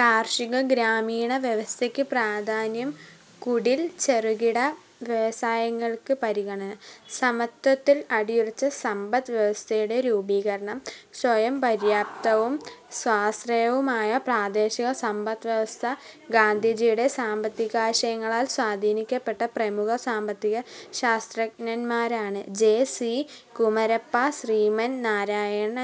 കാർഷിക ഗ്രാമീണ വ്യവസ്ഥയ്ക്ക് പ്രാധാന്യം. കുടിൽ-ചെറുകിട വ്യവസായങ്ങൾക്ക് പരിഗണന. സമത്വത്തിൽ അടിയുറച്ച സമ്പദ് വ്യവസ്ഥയുടെ രൂപീകരണം സ്വയംപര്യാപ്തവും സ്വാശ്രയവുമായ പ്രാദേശിക സമ്പദ് വ്യവസ്ഥ. ഗാന്ധിജിയുടെ സാമ്പത്തികാശയങ്ങളാൽ സ്വാധീനിക്കപ്പെട്ട പ്രമുഖ സാമ്പത്തിക ശാസ്ത്രജ്ഞൻമാരാണ് ജെ. സി. കുമരപ്പ, ശ്രീമൻ നാരായൺ,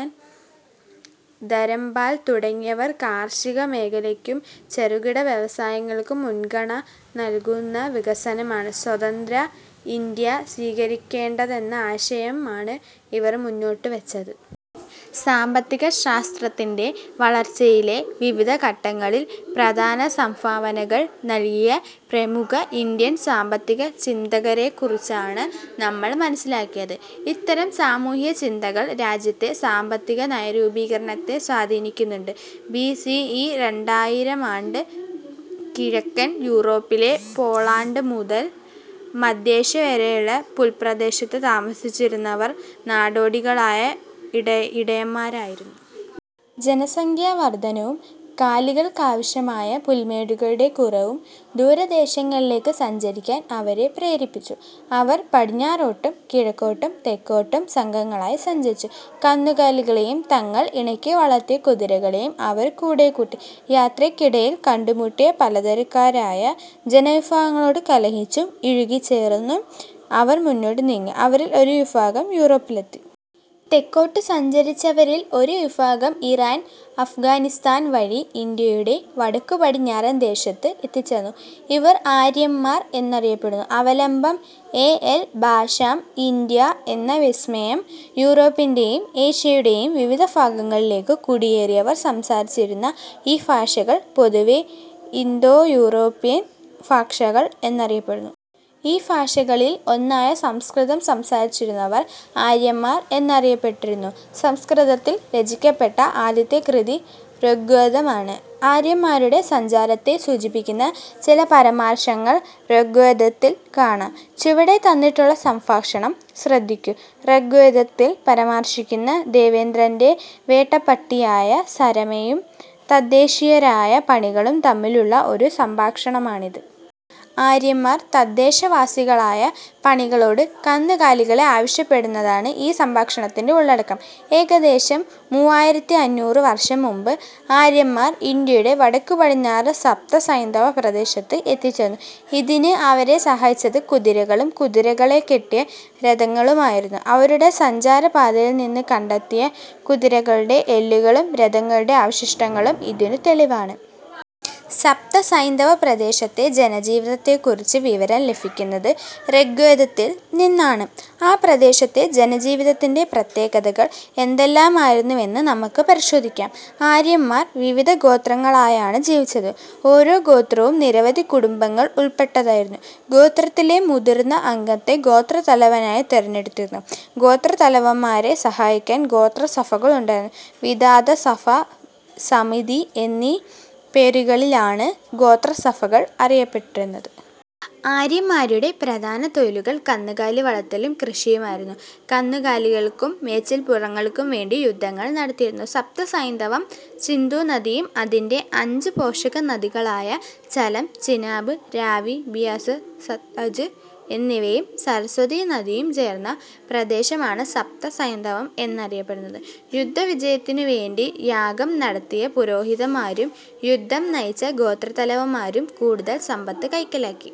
ധരംപാൽ തുടങ്ങിയവർ. കാർഷിക മേഖലയ്ക്കും ചെറുകിട വ്യവസായങ്ങൾക്കും മുൻഗണ നൽകുന്ന വികസനമാണ് സ്വതന്ത്ര ഇന്ത്യ സ്വീകരിക്കേണ്ടതെന്ന ആശയമാണ് ഇവർ മുന്നോട്ടു വച്ചത്. സാമ്പത്തികശാസ്ത്രത്തിന്റെ വളർച്ചയിലെ വിവിധ ഘട്ടങ്ങളിൽ പ്രധാന സംഭാവനകൾ നൽകിയ പ്രമുഖ ഇന്ത്യൻ സാമ്പത്തിക ചിന്തകരെക്കുറിച്ചാണ് നമ്മൾ മനസിലാക്കിയത്. ഇത്തരം സാമൂഹ്യചിന്തകൾ രാജ്യത്തെ സാമ്പത്തിക നയരൂപീകരണത്തെ സ്വാധീനിക്കുന്നുണ്ട്. ബി സി ഇ രണ്ടായിരാമാണ്ട്. കിഴക്കൻ യൂറോപ്പിലെ പോളണ്ട് മുതൽ മധ്യേഷ്യ വരെയുള്ള പുൽപ്രദേശത്ത് താമസിച്ചിരുന്നവർ നാടോടികളായ ഇടയന്മാരായിരുന്നു. ജനസംഖ്യാവർധനവും കാലികൾക്കാവശ്യമായ പുൽമേടുകളുടെ കുറവും ദൂരദേശങ്ങളിലേക്ക് സഞ്ചരിക്കാൻ അവരെ പ്രേരിപ്പിച്ചു. അവർ പടിഞ്ഞാറോട്ടും കിഴക്കോട്ടും തെക്കോട്ടും സംഘങ്ങളായി സഞ്ചരിച്ചു. കന്നുകാലികളെയും തങ്ങൾ ഇണക്കി വളർത്തിയ കുതിരകളെയും അവർ കൂടെക്കൂട്ടി. യാത്രയ്ക്കിടയിൽ കണ്ടുമുട്ടിയ പല തരക്കാരായ ജനവിഭാഗങ്ങളോട് കലഹിച്ചും ഇഴുകി ച്ചേർന്നും അവർ മുന്നോട്ടു നീങ്ങി. അവരിൽ ഒരു വിഭാഗം യൂറോപ്പിലെത്തി. തെക്കോട്ടു സഞ്ചരിച്ചവരിൽ ഒരു വിഭാഗം ഇറാൻ, അഫ്ഗാനിസ്ഥാൻ വഴി ഇന്ത്യയുടെ വടക്കുപടിഞ്ഞാറൻ ദേശത്ത് എത്തിച്ചേർന്നു. ഇവർ ആര്യന്മാർ എന്നറിയപ്പെടുന്നു. അവലംബം: എ. എൽ. ബാഷാം, 'ഇന്ത്യ എന്ന വിസ്മയം' യൂറോപ്പിന്റെയും ഏഷ്യയുടെയും വിവിധ ഭാഗങ്ങളിലേക്കു കുടിയേറിയവർ സംസാരിച്ചിരുന്ന ഈ ഭാഷകൾ പൊതുവെ ഇന്തോ- യൂറോപ്യൻ ഭാഷകൾ എന്നറിയപ്പെടുന്നു. ഈ ഭാഷകളിൽ ഒന്നായ സംസ്കൃതം സംസാരിച്ചിരുന്നവർ ആര്യന്മാർ എന്നറിയപ്പെട്ടിരുന്നു. സംസ്കൃതത്തിൽ രചിക്കപ്പെട്ട ആദ്യത്തെ കൃതി ഋഗ്വേദമാണ്. ആര്യന്മാരുടെ സഞ്ചാരത്തെ സൂചിപ്പിക്കുന്ന ചില പരാമർശങ്ങൾ ഋഗ്വേദത്തിൽ കാണാം. ചുവടെ തന്നിട്ടുള്ള സംഭാഷണം ശ്രദ്ധിക്കൂ. ഋഗ്വേദത്തിൽ പരാമർശിക്കുന്ന ദേവേന്ദ്രന്റെ വേട്ടപ്പട്ടിയായ സരമയും തദ്ദേശീയരായ പണികളും തമ്മിലുള്ള ഒരു സംഭാഷണമാണിത്. ആര്യന്മാർ തദ്ദേശവാസികളായ പണികളോട് കന്നുകാലികളെ ആവശ്യപ്പെടുന്നതാണ് ഈ സംഭാഷണത്തിന്റെ ഉള്ളടക്കം. ഏകദേശം മൂവായിരത്തി അഞ്ഞൂറ് വർഷം മുമ്പ് ആര്യന്മാർ ഇന്ത്യയുടെ വടക്കു പടിഞ്ഞാറ് സപ്തസൈന്ധവ പ്രദേശത്ത് എത്തിച്ചേർന്നു. ഇതിന് അവരെ സഹായിച്ചത് കുതിരകളും കുതിരകളെ കെട്ടിയ രഥങ്ങളുമായിരുന്നു. അവരുടെ സഞ്ചാര പാതയിൽ നിന്ന് കണ്ടെത്തിയ കുതിരകളുടെ എല്ലുകളും രഥങ്ങളുടെ അവശിഷ്ടങ്ങളും ഇതിനു തെളിവാണ്. സപ്തസൈന്ധവപ്രദേശത്തെ ജനജീവിതത്തെക്കുറിച്ച് വിവരം ലഭിക്കുന്നത് ഋഗ്വേദത്തിൽനിന്നാണ്. ആ പ്രദേശത്തെ ജനജീവിതത്തിന്റെ പ്രത്യേകതകൾ എന്തെല്ലാമായിരുന്നുവെന്ന് നമുക്ക് പരിശോധിക്കാം. ആര്യന്മാർ വിവിധ ഗോത്രങ്ങളായാണ് ജീവിച്ചത്. ഓരോ ഗോത്രവും നിരവധി കുടുംബങ്ങൾ ഉൾപ്പെട്ടതായിരുന്നു. ഗോത്രത്തിലെ മുതിർന്ന അംഗത്തെ ഗോത്രതലവനായി തെരഞ്ഞെടുത്തിരുന്നു. ഗോത്രതലവന്മാരെ സഹായിക്കാൻ ഗോത്രസഭകൾ ഉണ്ടായിരുന്നു. വിധാത, സഭ, സമിതി എന്നീ പേരുകളിലാണ് ഗോത്രസഭകൾ അറിയപ്പെട്ടിരുന്നത്. ആര്യന്മാരുടെ പ്രധാന തൊഴിലുകൾ കന്നുകാലി വളർത്തലും കൃഷിയുമായിരുന്നു. കന്നുകാലികൾക്കും മേച്ചിൽപ്പുറങ്ങൾക്കും വേണ്ടി യുദ്ധങ്ങൾ നടത്തിയിരുന്നു. സപ്തസൈന്ധവം സിന്ധുനദിയും അതിന്റെ അഞ്ചു പോഷക നദികളായ ഝലം, ചിനാബ്, രാവി, ബിയാസ്, സത്ലജ് എന്നിവയും സരസ്വതീ നദിയും ചേർന്ന പ്രദേശമാണ് സപ്തസൈന്ധവം എന്നറിയപ്പെടുന്നത്. യുദ്ധവിജയത്തിനുവേണ്ടി യാഗം നടത്തിയ പുരോഹിതന്മാരും യുദ്ധം നയിച്ച ഗോത്രത്തലവന്മാരും കൂടുതൽ സമ്പത്ത് കൈക്കലാക്കി.